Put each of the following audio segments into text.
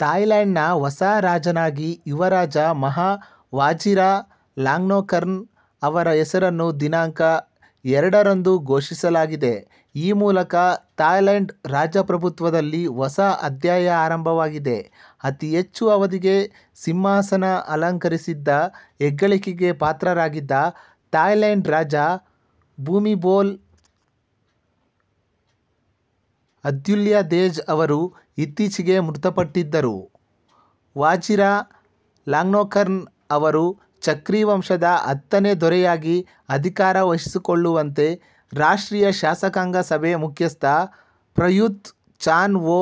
ಥಾಯ್ಲೆಂಡ್ನ ಹೊಸ ರಾಜನಾಗಿ ಯುವರಾಜ ಮಹಾ ವಾಜಿರಲಾಂಗ್ಕೊರ್ನ್ ಅವರ ಹೆಸರನ್ನು ದಿನಾಂಕ ಎರಡರಂದು ಘೋಷಿಸಲಾಗಿದೆ. ಈ ಮೂಲಕ ಥಾಯ್ಲೆಂಡ್ ರಾಜಪ್ರಭುತ್ವದಲ್ಲಿ ಹೊಸ ಅಧ್ಯಾಯ ಆರಂಭವಾಗಿದೆ. ಅತಿಹೆಚ್ಚು ಅವಧಿಗೆ ಸಿಂಹಾಸನ ಅಲಂಕರಿಸಿದ್ದ ಹೆಗ್ಗಳಿಕೆಗೆ ಪಾತ್ರರಾಗಿದ್ದ ಥಾಯ್ಲೆಂಡ್ ರಾಜ ಭೂಮಿಬೊಲ್ ಅದುಲ್ಯದೆಜ್ ಅವರು ಇತ್ತೀಚೆಗೆ ಮೃತಪಟ್ಟಿದ್ದರು. ವಾಜಿರಲಾಂಗ್ಕೊರ್ನ್ ಅವರು ಚಕ್ರಿ ವಂಶದ ಹತ್ತನೇ ದೊರೆಯಾಗಿ ಅಧಿಕಾರ ವಹಿಸಿಕೊಳ್ಳುವಂತೆ ರಾಷ್ಟ್ರೀಯ ಶಾಸಕಾಂಗ ಸಭೆಯ ಮುಖ್ಯಸ್ಥ ಪ್ರಯೂತ್ ಚಾನ್ ಒ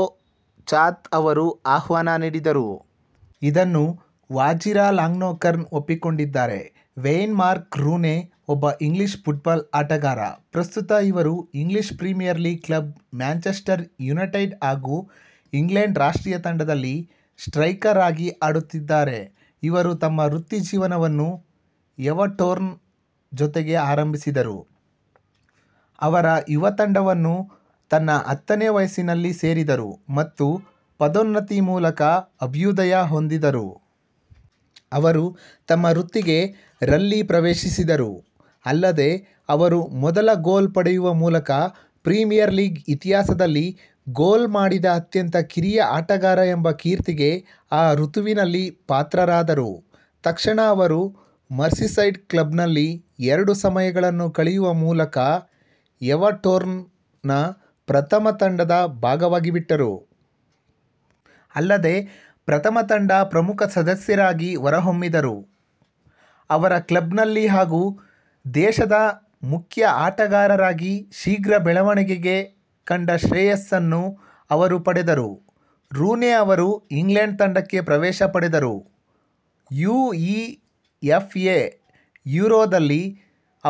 ಚಾತ್ ಅವರು ಆಹ್ವಾನ ನೀಡಿದರು. ಇದನ್ನು ವಾಜಿರಲಾಂಗ್ಕೊರ್ನ್ ಒಪ್ಪಿಕೊಂಡಿದ್ದಾರೆ. ವೇಯ್ನ್ ಮಾರ್ಕ್ ರೂನೇ ಒಬ್ಬ ಇಂಗ್ಲಿಷ್ ಫುಟ್ಬಾಲ್ ಆಟಗಾರ. ಪ್ರಸ್ತುತ ಇವರು English Premier League club Manchester United ಹಾಗೂ ಇಂಗ್ಲೆಂಡ್ ರಾಷ್ಟ್ರೀಯ ತಂಡದಲ್ಲಿ ಸ್ಟ್ರೈಕರ್ ಆಗಿ ಆಡುತ್ತಿದ್ದಾರೆ. ಇವರು ತಮ್ಮ ವೃತ್ತಿ ಜೀವನವನ್ನು ಎವರ್ಟೊನ್ ಜೊತೆಗೆ ಆರಂಭಿಸಿದರು. ಅವರ ಯುವ ತಂಡವನ್ನು ತನ್ನ ಹತ್ತನೇ ವಯಸ್ಸಿನಲ್ಲಿ ಸೇರಿದರು ಮತ್ತು ಪದೋನ್ನತಿ ಮೂಲಕ ಅಭ್ಯುದಯ ಹೊಂದಿದರು. ಅವರು ತಮ್ಮ ವೃತ್ತಿಗೆ ರಲ್ಲಿ ಪ್ರವೇಶಿಸಿದರು. ಅಲ್ಲದೆ, ಇವರು ಮೊದಲ ಗೋಲ್ ಪಡೆಯುವ ಮೂಲಕ ಪ್ರೀಮಿಯರ್ ಲೀಗ್ ಇತಿಹಾಸದಲ್ಲಿ ಗೋಲ್ ಮಾಡಿದ ಅತ್ಯಂತ ಕಿರಿಯ ಆಟಗಾರ ಎಂಬ ಕೀರ್ತಿಗೆ ಆ ಋತುವಿನಲ್ಲಿ ಪಾತ್ರರಾದರು. ತಕ್ಷಣ ಅವರು ಮರ್ಸಿಸೈಡ್ ಕ್ಲಬ್ನಲ್ಲಿ ಎರಡು ಸಮಯಗಳನ್ನು ಕಳೆಯುವ ಮೂಲಕ ಎವರ್ಟೊನ್ ನ ಪ್ರಥಮ ತಂಡದ ಭಾಗವಾಗಿಬಿಟ್ಟರು. ಅಲ್ಲದೆ, ಪ್ರಥಮ ತಂಡ ಪ್ರಮುಖ ಸದಸ್ಯರಾಗಿ ಹೊರಹೊಮ್ಮಿದರು. ಅವರ ಕ್ಲಬ್ ನಲ್ಲಿ ಹಾಗೂ ದೇಶದ ಮುಖ್ಯ ಆಟಗಾರರಾಗಿ ಶೀಘ್ರ ಬೆಳವಣಿಗೆಗೆ ಕಂಡ ಶ್ರೇಯಸ್ಸನ್ನು ಅವರು ಪಡೆದರು. ರೂನೇ ಅವರು ಇಂಗ್ಲೆಂಡ್ ತಂಡಕ್ಕೆ ಪ್ರವೇಶ ಪಡೆದರು. U E F A Euro ದಲ್ಲಿ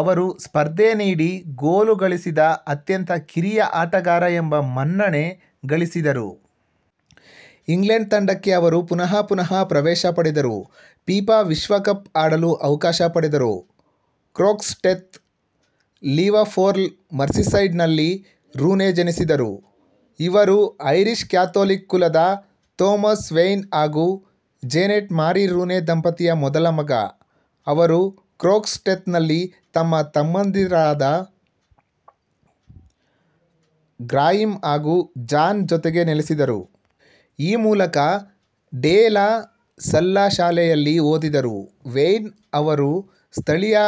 ಅವರು ಸ್ಪರ್ಧೆ ನೀಡಿ ಗೋಲು ಗಳಿಸಿದ ಅತ್ಯಂತ ಕಿರಿಯ ಆಟಗಾರ ಎಂಬ ಮನ್ನಣೆ ಗಳಿಸಿದರು. ಇಂಗ್ಲೆಂಡ್ ತಂಡಕ್ಕೆ ಅವರು ಪುನಃ ಪುನಃ ಪ್ರವೇಶ ಪಡೆದರು. ಫಿಫಾ ವಿಶ್ವ ಕಪ್ ಆಡಲು ಅವಕಾಶ ಪಡೆದರು. ಕ್ರೊಕ್ಸ್ಟೆತ್, ಲಿವರ್ಪೂಲ್ ಮರ್ಸಿಸೈಡ್ ನಲ್ಲಿ ರೂನೇ ಜನಿಸಿದರು. ಇವರು ಐರಿಶ್ ಕ್ಯಾಥೋಲಿಕ್ ಕುಲದ ಥೋಮಸ್ ವೇಯ್ನ್ ಹಾಗೂ ಜೇನೆಟ್ ಮಾರಿ ರೂನೇ ದಂಪತಿಯ ಮೊದಲ ಮಗ. ಅವರು ಕ್ರೊಕ್ಸಟೆತ್ ನಲ್ಲಿ ತಮ್ಮ ತಮ್ಮಂದಿರಾದ ಗ್ರಾಯಿಮ್ ಹಾಗೂ ಜಾನ್ ಜೊತೆಗೆ ನೆಲೆಸಿದರು. ಈ ಮೂವರೂ ಡೆ ಲಾ ಸಲ್ಲೆ ಶಾಲೆಯಲ್ಲಿ ಓದಿದರು. ವೈಯ್ನ್ ಅವರು ಸ್ಥಳೀಯ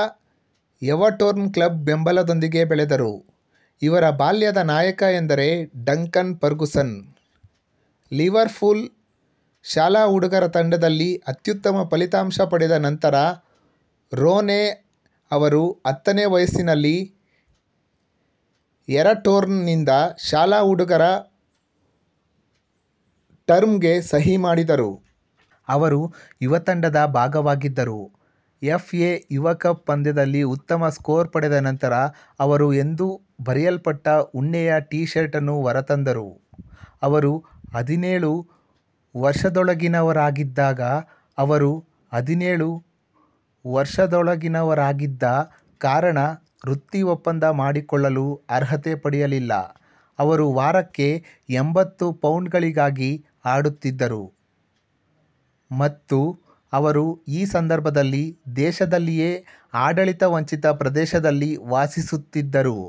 ಎವರ್ಟೊನ್ ಕ್ಲಬ್ ಬೆಂಬಲದೊಂದಿಗೆ ಬೆಳೆದರು. ಇವರ ಬಾಲ್ಯದ ನಾಯಕ ಎಂದರೆ ಡಂಕನ್ ಫರ್ಗುಸನ್. ಲಿವರ್ ಪೂಲ್ ಶಾಲಾ ಹುಡುಗರ ತಂಡದಲ್ಲಿ ಅತ್ಯುತ್ತಮ ಫಲಿತಾಂಶ ಪಡೆದ ನಂತರ ರೋನೇ ಅವರು ಹತ್ತನೇ ವಯಸ್ಸಿನಲ್ಲಿ ಎರರ್ಟೋನ್ ನಿಂದ ಶಾಲಾ ಹುಡುಗರ ಟರ್ಮ್ಸ್ಗೆ ಸಹಿ ಮಾಡಿದರು. ಅವರು ಯುವ ತಂಡದ ಭಾಗವಾಗಿದ್ದರು. ಎಫ್ಎ ಯುವಕಪ್ ಪಂದ್ಯದಲ್ಲಿ ಉತ್ತಮ ಸ್ಕೋರ್ ಪಡೆದ ನಂತರ ಅವರು ಎಂದು ಬರೆಯಲ್ಪಟ್ಟ ಉಣ್ಣೆಯ ಟಿ ಶರ್ಟನ್ನು ಹೊರತಂದರು. ಅವರು ಹದಿನೇಳು ವರ್ಷದೊಳಗಿನವರಾಗಿದ್ದಾಗ ಅವರು ಹದಿನೇಳು ವರ್ಷದೊಳಗಿನವರಾಗಿದ್ದ ಕಾರಣ ವೃತ್ತಿ ಒಪ್ಪಂದ ಮಾಡಿಕೊಳ್ಳಲು ಅರ್ಹತೆ ಪಡೆಯಲಿಲ್ಲ. ಅವರು ವಾರಕ್ಕೆ ಎಂಭತ್ತು ಪೌಂಡ್ ಗಳಿಗಾಗಿ ಆಡುತ್ತಿದ್ದರು. ಮತ್ತು ಅವರು ಈ ಸಂದರ್ಭದಲ್ಲಿ ದೇಶದಲ್ಲಿಯೇ ಆಡಳಿತ ವಂಚಿತ ಪ್ರದೇಶದಲ್ಲಿ ವಾಸಿಸುತ್ತಿದ್ದರು.